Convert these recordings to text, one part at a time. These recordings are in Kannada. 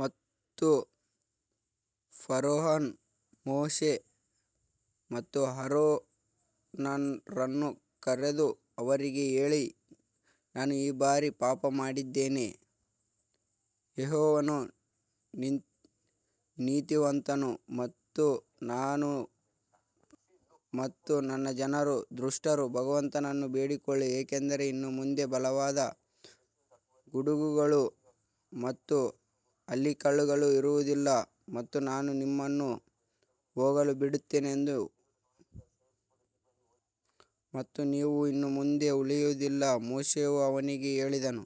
ಮತ್ತು ಫರೋಹನು ಮೋಶೆ ಮತ್ತು ಆರೋನರನ್ನು ಕರೆದು ಅವರಿಗೆ ಹೇಳಿ, ನಾನು ಈ ಬಾರಿ ಪಾಪ ಮಾಡಿದ್ದೇನೆ, ಯೆಹೋವನು ನೀತಿವಂತನು ಮತ್ತು ನಾನು ಮತ್ತು ನನ್ನ ಜನರು ದುಷ್ಟರು. ಭಗವಂತನನ್ನು ಬೇಡಿಕೊಳ್ಳಿ ಏಕೆಂದರೆ ಇನ್ನು ಮುಂದೆ ಬಲವಾದ ಗುಡುಗುಗಳು ಮತ್ತು ಆಲಿಕಲ್ಲುಗಳು ಇರುವುದಿಲ್ಲ ಮತ್ತು ನಾನು ನಿಮ್ಮನ್ನು ಹೋಗಲು ಬಿಡುತ್ತೇನೆ ಮತ್ತು ನೀವು ಇನ್ನು ಮುಂದೆ ಉಳಿಯುವುದಿಲ್ಲ ಮೋಶೆಯು ಅವನಿಗೆ ಹೇಳಿದನು,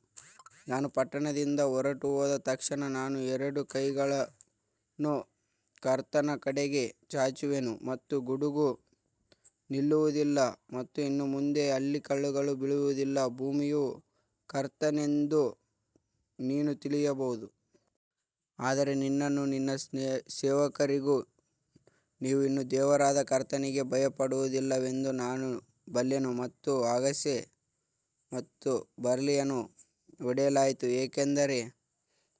ನಾನು ಪಟ್ಟಣದಿಂದ ಹೊರಟುಹೋದ ತಕ್ಷಣ ನಾನು ನನ್ನ ಕೈಗಳನ್ನು ಕರ್ತನ ಕಡೆಗೆ ಚಾಚುವೆನು ಮತ್ತು ಗುಡುಗು ನಿಲ್ಲುವದಿಲ್ಲ ಮತ್ತು ಇನ್ನು ಮುಂದೆ ಆಲಿಕಲ್ಲುಗಳು ಬೀಳುವದಿಲ್ಲ ಭೂಮಿಯು ಕರ್ತನೆಂದು ನೀನು ತಿಳಿಯಬಹುದು. ಆದರೆ ನಿನಗೂ ನಿನ್ನ ಸೇವಕರಿಗೂ ನೀವು ಇನ್ನೂ ದೇವರಾದ ಕರ್ತನಿಗೆ ಭಯಪಡುವದಿಲ್ಲವೆಂದು ನಾನು ಬಲ್ಲೆನು ಮತ್ತು ಅಗಸೆ ಮತ್ತು ಬಾರ್ಲಿಯನ್ನು ಹೊಡೆಯಲಾಯಿತು ಏಕೆಂದರೆ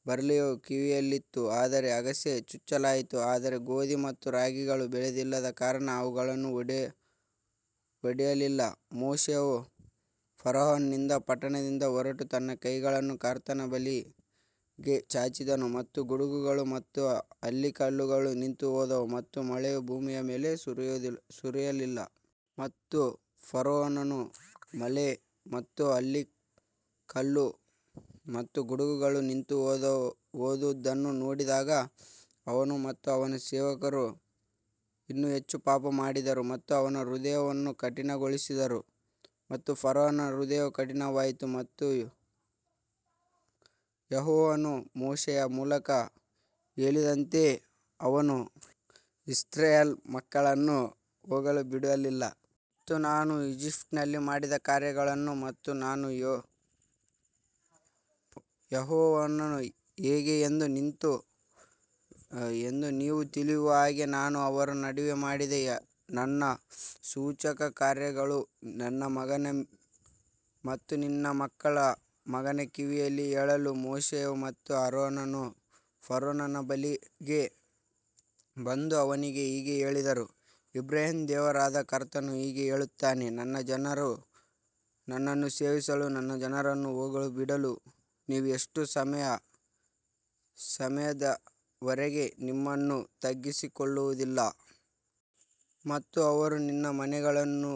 ಬಾರ್ಲಿಯು ಕಿವಿಯಲ್ಲಿತ್ತು ಮತ್ತು ಅಗಸೆ ಚುಚ್ಚಲಾಯಿತು ಆದರೆ ಗೋಧಿ ಮತ್ತು ರೈಗಳು ಬೆಳೆದಿಲ್ಲದ ಕಾರಣ ಅವುಗಳನ್ನು ಹೊಡೆಯಲಿಲ್ಲ ಮೋಶೆಯು ಫರೋಹನಿಂದ ಪಟ್ಟಣದಿಂದ ಹೊರಟು ತನ್ನ ಕೈಗಳನ್ನು ಕರ್ತನ ಬಳಿಗೆ ಚಾಚಿದನು ಮತ್ತು ಗುಡುಗುಗಳು ಮತ್ತು ಆಲಿಕಲ್ಲುಗಳು ನಿಂತುಹೋದವು ಮತ್ತು ಮಳೆಯು ಭೂಮಿಯ ಮೇಲೆ ಸುರಿಯಲಿಲ್ಲ. ಮತ್ತು ಫರೋಹನು ಮಳೆ ಮತ್ತು ಆಲಿಕಲ್ಲು ಮತ್ತು ಗುಡುಗುಗಳು ನಿಂತುಹೋದುದನ್ನು ನೋಡಿದಾಗ ಅವನು ಮತ್ತು ಅವನ ಸೇವಕರು ಇನ್ನೂ ಹೆಚ್ಚು ಪಾಪ ಮಾಡಿದರು ಮತ್ತು ಅವನ ಹೃದಯವನ್ನು ಕಠಿಣಗೊಳಿಸಿದರು. ಮತ್ತು ಫರೋಹನ ಹೃದಯವು ಕಠಿಣವಾಯಿತು ಮತ್ತು ಯೆಹೋವನು ಮೋಶೆಯ ಮೂಲಕ ಹೇಳಿದಂತೆ ಅವನು ಇಸ್ರಾಯೇಲ್ ಮಕ್ಕಳನ್ನು ಹೋಗಲು ಬಿಡಲಿಲ್ಲ. ಮತ್ತು ನಾನು ಈಜಿಪ್ಟಿನಲ್ಲಿ ಮಾಡಿದ ಕಾರ್ಯಗಳನ್ನು ಮತ್ತು ನಾನು ಯೆಹೋವನು ಹೇಗೆ ಎಂದು ನೀವು ತಿಳಿಯುವ ಹಾಗೆ ನಾನು ಅವರ ನಡುವೆ ಮಾಡಿದ ನನ್ನ ಸೂಚಕಕಾರ್ಯಗಳನ್ನು ನಿನ್ನ ಮಗನ ಮತ್ತು ನಿನ್ನ ಮಕ್ಕಳ ಮಗನ ಕಿವಿಯಲ್ಲಿ ಹೇಳಲು. ಮೋಶೆ ಮತ್ತು ಆರೋನರು ಫರೋಹನ ಬಳಿಗೆ ಬಂದು ಅವನಿಗೆ ಹೀಗೆ ಹೇಳಿದರು ಇಬ್ರಿಯರ ದೇವರಾದ ಕರ್ತನು ಹೀಗೆ ಹೇಳುತ್ತಾನೆ ನನ್ನ ಜನರು ನನ್ನನ್ನು ಸೇವಿಸಲು ನನ್ನ ಜನರನ್ನು ಹೋಗಲು ಬಿಡಲು ನೀವು ಎಷ್ಟು ಸಮಯದವರೆಗೆ ನಿಮ್ಮನ್ನು ತಗ್ಗಿಸಿಕೊಳ್ಳುವುದಿಲ್ಲ. ಮತ್ತು ಅವರು ನಿನ್ನ ಮನೆಗಳನ್ನು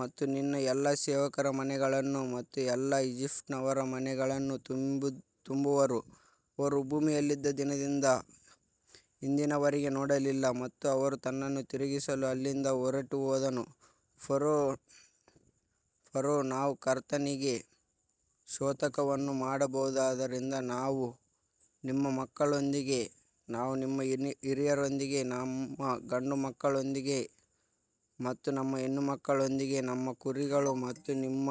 ಮತ್ತು ನಿನ್ನ ಎಲ್ಲಾ ಸೇವಕರ ಮನೆಗಳನ್ನು ಮತ್ತು ಎಲ್ಲಾ ಈಜಿಪ್ಟಿನವರ ಮನೆಗಳನ್ನು ತುಂಬುವರು, ಅವರು ಭೂಮಿಯಲ್ಲಿದ್ದ ದಿನದಿಂದ ಇಂದಿನವರೆಗೆ ನೋಡಲಿಲ್ಲ ಮತ್ತು ಅವನು ತನ್ನನ್ನು ತಿರುಗಿಸಿ ಅಲ್ಲಿಂದ ಹೊರಟುಹೋದನು. ಫರೋ ನಾವು ಕರ್ತನಿಗೆ ಔತಣವನ್ನು ಮಾಡಬೇಕಾಗಿರುವುದರಿಂದ ನಾವು ನಮ್ಮ ಮಕ್ಕಳೊಂದಿಗೆ ಮತ್ತು ನಮ್ಮ ಹಿರಿಯರೊಂದಿಗೆ ನಮ್ಮ ಗಂಡುಮಕ್ಕಳೊಂದಿಗೆ ಮತ್ತು ನಮ್ಮ ಹೆಣ್ಣುಮಕ್ಕಳೊಂದಿಗೆ ನಮ್ಮ ಕುರಿಗಳು ಮತ್ತು ನಮ್ಮ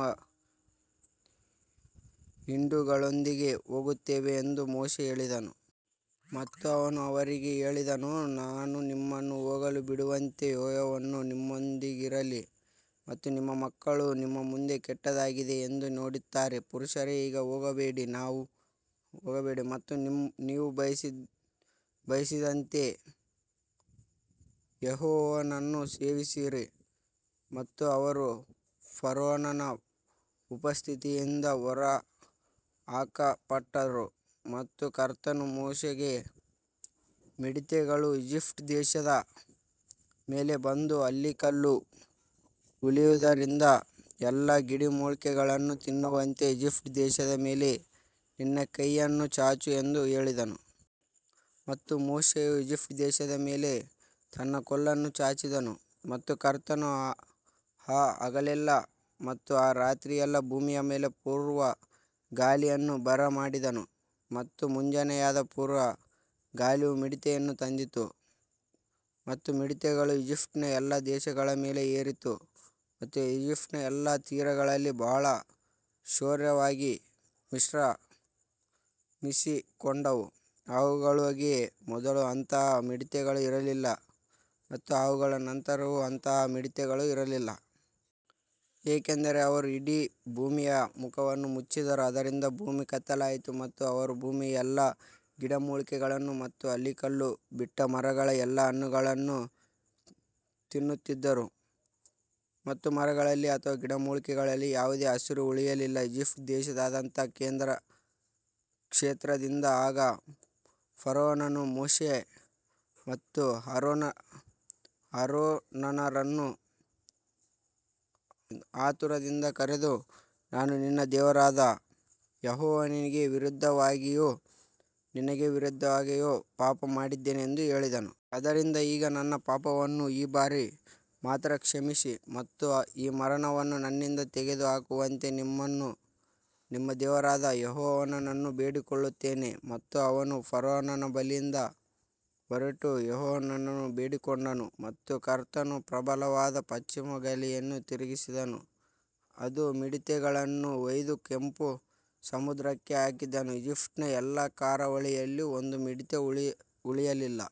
ಹಿಂಡುಗಳೊಂದಿಗೆ ಹೋಗುತ್ತೇವೆ ಎಂದು ಮೋಶೆ ಹೇಳಿದನು. ಮತ್ತು ಅವನು ಅವರಿಗೆ ಹೇಳಿದನು, ನಾನು ನಿಮ್ಮನ್ನು ಹೋಗಲು ಬಿಡುವಂತೆ ಯೆಹೋವನು ನಿಮ್ಮೊಂದಿಗಿರಲಿ ಮತ್ತು ನಿಮ್ಮ ಮಕ್ಕಳು ನಿಮ್ಮ ಮುಂದೆ ಕೆಟ್ಟದ್ದಾಗಿದೆ ಎಂದು ನೋಡುತ್ತಾರೆ. ಪುರುಷರೇ ಈಗ ಹೋಗಬೇಡಿ ಮತ್ತು ನೀವು ಬಯಸಿದಂತೆ ಯೆಹೋವನನ್ನು ಸೇವಿಸಿರಿ ಮತ್ತು ಅವರು ಫರೋಹನ ಉಪಸ್ಥಿತಿಯಿಂದ ಹೊರಹಾಕಲ್ಪಟ್ಟರು. ಮತ್ತು ಕರ್ತನು ಮೋಶೆಗೆ ಮಿಡತೆಗಳು ಈಜಿಪ್ಟ್ ದೇಶದ ಮೇಲೆ ಬಂದು ಆಲಿಕಲ್ಲು ಉಳಿದಿರುವ ಎಲ್ಲಾ ಗಿಡಮೂಲಿಕೆಗಳನ್ನು ತಿನ್ನುವಂತೆ ಈಜಿಪ್ಟ್ ದೇಶದ ಮೇಲೆ ನಿನ್ನ ಕೈಯನ್ನು ಚಾಚು ಎಂದು ಹೇಳಿದನು. ಮತ್ತು ಮೋಶೆಯು ಈಜಿಪ್ಟ್ ದೇಶದ ಮೇಲೆ ತನ್ನ ಕೋಲನ್ನು ಚಾಚಿದನು ಮತ್ತು ಕರ್ತನು ಆ ಹಗಲೆಲ್ಲಾ ಮತ್ತು ಆ ರಾತ್ರಿಯೆಲ್ಲಾ ಭೂಮಿಯ ಮೇಲೆ ಪೂರ್ವ ಗಾಳಿಯನ್ನು ಬರಮಾಡಿದನು ಮತ್ತು ಮುಂಜಾನೆಯಾದಾಗ ಪೂರ್ವ ಗಾಳಿಯು ಮಿಡತೆಗಳನ್ನು ತಂದಿತು. ಮತ್ತು ಮಿಡತೆಗಳು ಈಜಿಪ್ಟಿನ ಎಲ್ಲಾ ದೇಶಗಳ ಮೇಲೆ ಏರಿತು ಮತ್ತು ಈಜಿಪ್ಟಿನ ಎಲ್ಲಾ ತೀರಗಳಲ್ಲಿ ಬಹಳ ಘೋರವಾಗಿ ವಿಶ್ರಮಿಸಿಕೊಂಡವು, ಅವುಗಳಿಗೆ ಮೊದಲು ಅಂತಹ ಮಿಡತೆಗಳು ಇರಲಿಲ್ಲ ಮತ್ತು ಅವುಗಳ ನಂತರವೂ ಅಂತಹ ಮಿಡತೆಗಳು ಇರಲಿಲ್ಲ. ಯಾಕಂದರೆ ಅವರು ಇಡೀ ಭೂಮಿಯ ಮುಖವನ್ನು ಮುಚ್ಚಿದರು ಆದ್ದರಿಂದ ಭೂಮಿ ಕತ್ತಲೆಯಾಯಿತು ಮತ್ತು ಅವರು ಭೂಮಿಯ ಎಲ್ಲಾ ಗಿಡಮೂಲಿಕೆಗಳನ್ನು ಮತ್ತು ಆಲಿಕಲ್ಲು ಬಿಟ್ಟ ಮರಗಳ ಎಲ್ಲಾ ಹಣ್ಣುಗಳನ್ನು ತಿನ್ನುತ್ತಿದ್ದರು ಮತ್ತು ಮರಗಳಲ್ಲಿ ಅಥವಾ ಗಿಡಮೂಲಿಕೆಗಳಲ್ಲಿ ಯಾವುದೇ ಹಸಿರು ಉಳಿಯಲಿಲ್ಲ. ಈಜಿಪ್ಟ್ ದೇಶದಾದ್ಯಂತ ಕ್ಷೇತ್ರದಿಂದ ಆಗ ಫರೋಹನು ಮೋಶೆ ಮತ್ತು ಆರೋನರನ್ನು ಆತುರದಿಂದ ಕರೆದು ನಾನು ನಿನ್ನ ದೇವರಾದ ಯೆಹೋವನಿಗೆ ವಿರುದ್ಧವಾಗಿಯೂ ನಿನಗೆ ವಿರುದ್ಧವಾಗಿಯೂ ಪಾಪಮಾಡಿದ್ದೇನೆ ಎಂದು ಹೇಳಿದನು. ಆದುದರಿಂದ ಈಗ ನನ್ನ ಪಾಪವನ್ನು ಈ ಬಾರಿ ಮಾತ್ರ ಕ್ಷಮಿಸಿ ಮತ್ತು ಈ ಮರಣವನ್ನು ನನ್ನಿಂದ ತೆಗೆದುಹಾಕುವಂತೆ ನಿಮ್ಮ ದೇವರಾದ ಯೆಹೋವನನ್ನು ಬೇಡಿಕೊಳ್ಳುತ್ತೇನೆ. ಮತ್ತು ಅವನು ಫರೋಹನ ಬಳಿಯಿಂದ ಹೊರಟು ಯೆಹೋವನನ್ನು ಬೇಡಿಕೊಂಡನು ಮತ್ತು ಕರ್ತನು ಪ್ರಬಲವಾದ ಪಶ್ಚಿಮ ಗಾಳಿಯನ್ನು ತಿರುಗಿಸಿದನು, ಅದು ಮಿಡತೆಗಳನ್ನು ಒಯ್ದು ಕೆಂಪು ಸಮುದ್ರಕ್ಕೆ ಹಾಕಿದನು, ಈಜಿಪ್ಟಿನ ಎಲ್ಲಾ ಕರಾವಳಿಯಲ್ಲಿ ಒಂದು ಮಿಡತೆ ಉಳಿಯಲಿಲ್ಲ.